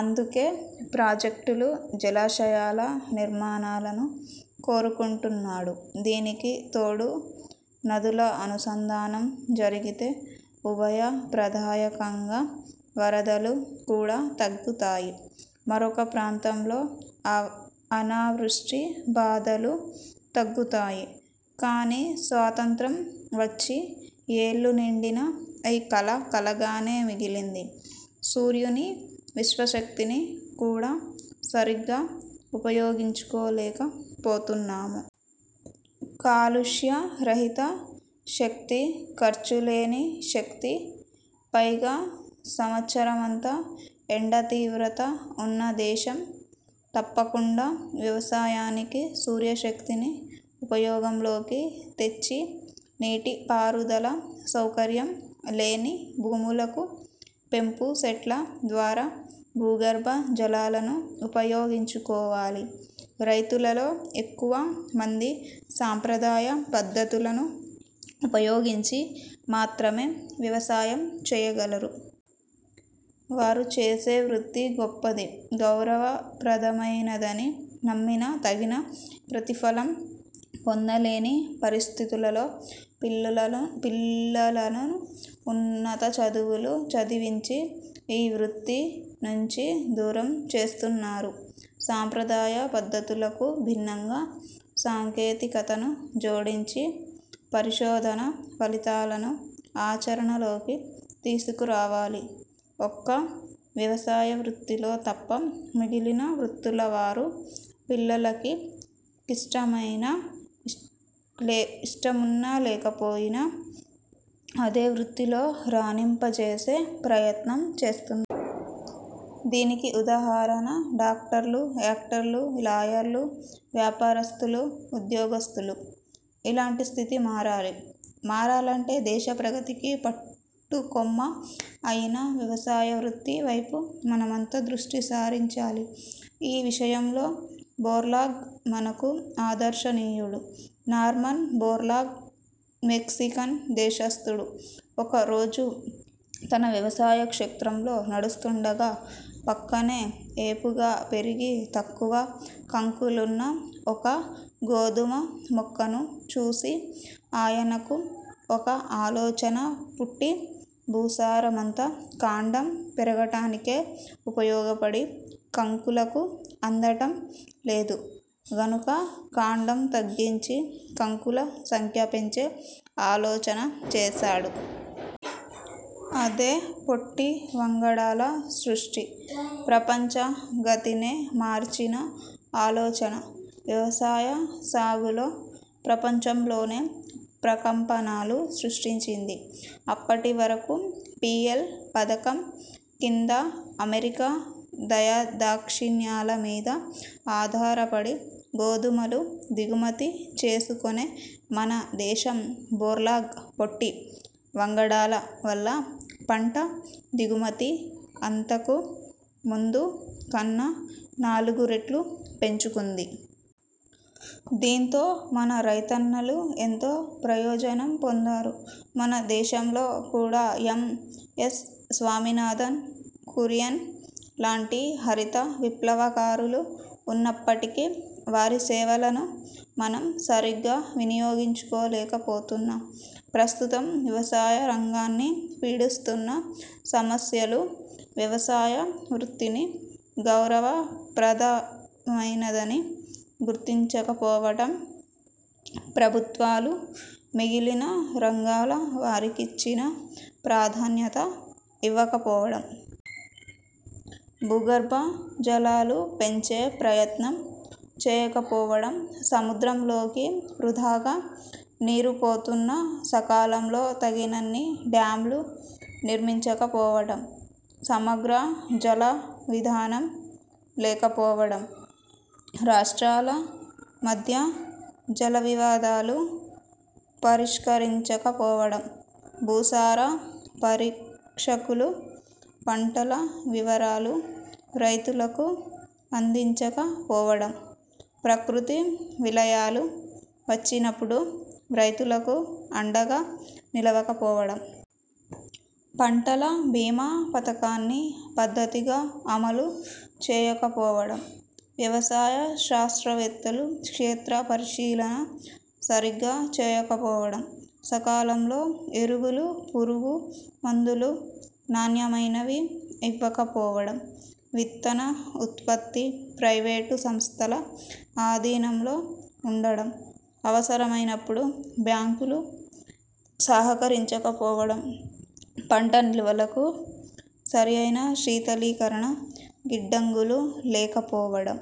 అందుకే ప్రాజెక్టులు, జలాశయాల నిర్మాణాలను కోరుకుంటున్నాడు. దీనికి తోడు నదుల అనుసంధానం జరిగితే ఉభయ ప్రదాయకంగా వరదలు కూడా తగ్గుతాయి. మరొక ప్రాంతంలో అనావృష్ఠి బాధలు తగ్గుతాయి. కానీ స్వాతంత్ర్యం వచ్చి యేళ్ళు నిండినా ఈ కల కలగానే మిగిలింది. సూర్యుని విశ్వశక్తిని కూడా సరిగా ఉపయోగించుకోలేక పోతున్నాము. కాలుష్యరహిత శక్తి, ఖర్చులేని శక్తి. పైగా సంవత్సరమంతా ఎండ తీవ్రత ఉన్న దేశం. తప్పకుండా వ్యవసాయానికి సూర్యశక్తిని ఉపయోగంలోకి తెచ్చి నీటి పారుదల సౌకర్యం లేని భూములకు పంపుసెట్ల ద్వారా భూగర్భ జలాలను ఉపయోగించుకోవాలి. రైతులలో ఎక్కువ మంది సాంప్రదాయ పద్ధతులను ఉపయోగించి మాత్రమే వ్యవసాయం చెయ్యగలరు. వారు చేసే వృత్తి గొప్పది, గౌరవ ప్రదమైనదని నమ్మినా తగిన ప్రతిఫలం పొందలేని పరిస్ధితులలో పిల్లలను ఉన్నత చదువులు చదివించి ఈ వృత్తి నుంచి దూరం చేస్తున్నారు. సాంప్రదాయ పద్ధతులకు భిన్నంగా సాంకేతికతను జోడించి, పరిశోధనా ఫలితాలను ఆచరణలోకి తీసుకురావాలి. ఒక్క వ్యవసాయ వృత్తిలో తప్ప మిగిలిన వృత్తులవారు, పిల్లలకిష్టమున్నా లేకపోయినా అదే వృత్తిలో రాణింపజేసే ప్రయత్నం చేస్తున్నారు. దీనికి ఉదాహరణ డాక్టర్లు, యాక్టర్లు, లాయర్లు, వ్యాపారస్తులు, ఉద్యోగస్తులు. ఇలాంటి స్థితి మారాలి. మారాలంటే దేశ ప్రగతికి పట్టుకొమ్మ అయిన వ్యవసాయ వృత్తి వైపు మనమంతా దృష్టిసారించాలి. ఈ విషయంలో బోర్లాగ్ మనకు ఆదర్శనీయుడు. నార్మన్ బోర్లాగ్ మెక్సికన్ దేశస్థుడు. ఒక రోజు తన వ్యవసాయ క్షేత్రంలో నడుస్తుండగా పక్కనే ఏపుగా పెరిగి తక్కువ కంకులున్న ఒక గోధుమ మొక్కను చూసి ఆయనకు ఒక ఆలోచన పుట్టి, భూసారమంతా కాండం పెరగటానికే ఉపయోగపడి కంకులకు అందటం లేదు గనుక కాండం తగ్గించి కంకుల సంఖ్య పెంచే ఆలోచన చేసాడు. అదే పొట్టి వంగడాల సృష్టి. ప్రపంచ గతినే మార్చిన ఆలోచన. వ్యవసాయ సాగులో ప్రపంచలోనే ప్రకంపనాలు సృష్టించింది. అప్పటివరకూ పీఎల్– పథకం కింద అమెరికా దయాదాక్షిణ్యాల మీద అధారపడి గోధుమలు దిగుమతి చేసుకునే మన దేశం బోర్లాగ్ పొట్టి వంగడాల వల్ల పంట దిగుమతి అంతకు ముందు కన్నా నాలుగురెట్లు పెంచుకుంది. దీంతో మన రైతన్నలు ఎంతో ప్రయోజనం పొందారు. మన దేశంలో కూడా యం. యస్. స్వామినాథన్, కురియన్ లాంటి హరిత విప్లవకారులు ఉన్నప్పటికీ వారిసేవలను మనం సరిగ్గా వినియోగించుకోలేకపోతున్నాం. ప్రస్తుతం వ్యవసాయరంగాన్ని పీడిస్తున్న సమస్యలు వ్యవసాయ వృత్తిని గౌరవ ప్రదమైనదని గుర్తించకపోవడం. ప్రభుత్వాలు మిగిలిన రంగాల వారికిచ్చిన ప్రాధాన్యత ఇవ్వకపోవడం. భూగర్భ జలాలు పెంచే ప్రయత్నం చేయకపోవడం. సముద్రంలోకి వృథాగా నీరు పోతున్నా సకాలంలో తగినన్ని డ్యామ్లు నిర్మించకపోవడం. సమగ్ర జల విధానం లేకపోవడం, రాష్ట్రాల మధ్య జలవివాదాలు పరిష్కరించకపోవడం. భూసార పరీక్షలు, పంటల వివరాలు రైతులకు అందించకపోవడం. ప్రకృతి విలయాలు వచ్చినప్పుడు రైతులకు అండగా నిలవకపోవడం. పంటల బీమా పథకాన్ని పద్ధతిగా అమలు చేయకపోవడం. వ్యవసాయ శాస్త్రవేత్తలు క్షేత్ర పరిశీలన సరిగా చేయకపోవడం. సకాలంలో ఎరువులు, పురుగు మందులు నాణ్యమైనవి ఇవ్వకపోవడం. విత్తన ఉత్పత్తి ప్రైవేటు సంస్థల ఆధీనంలో ఉండటం. అవసరమైనప్పుడు బ్యాంకులు సహకరించకపోవడం. పంట నిల్వలకు సరియైన శీతలీకరణ గిడ్డంగులు లేకపోవడం.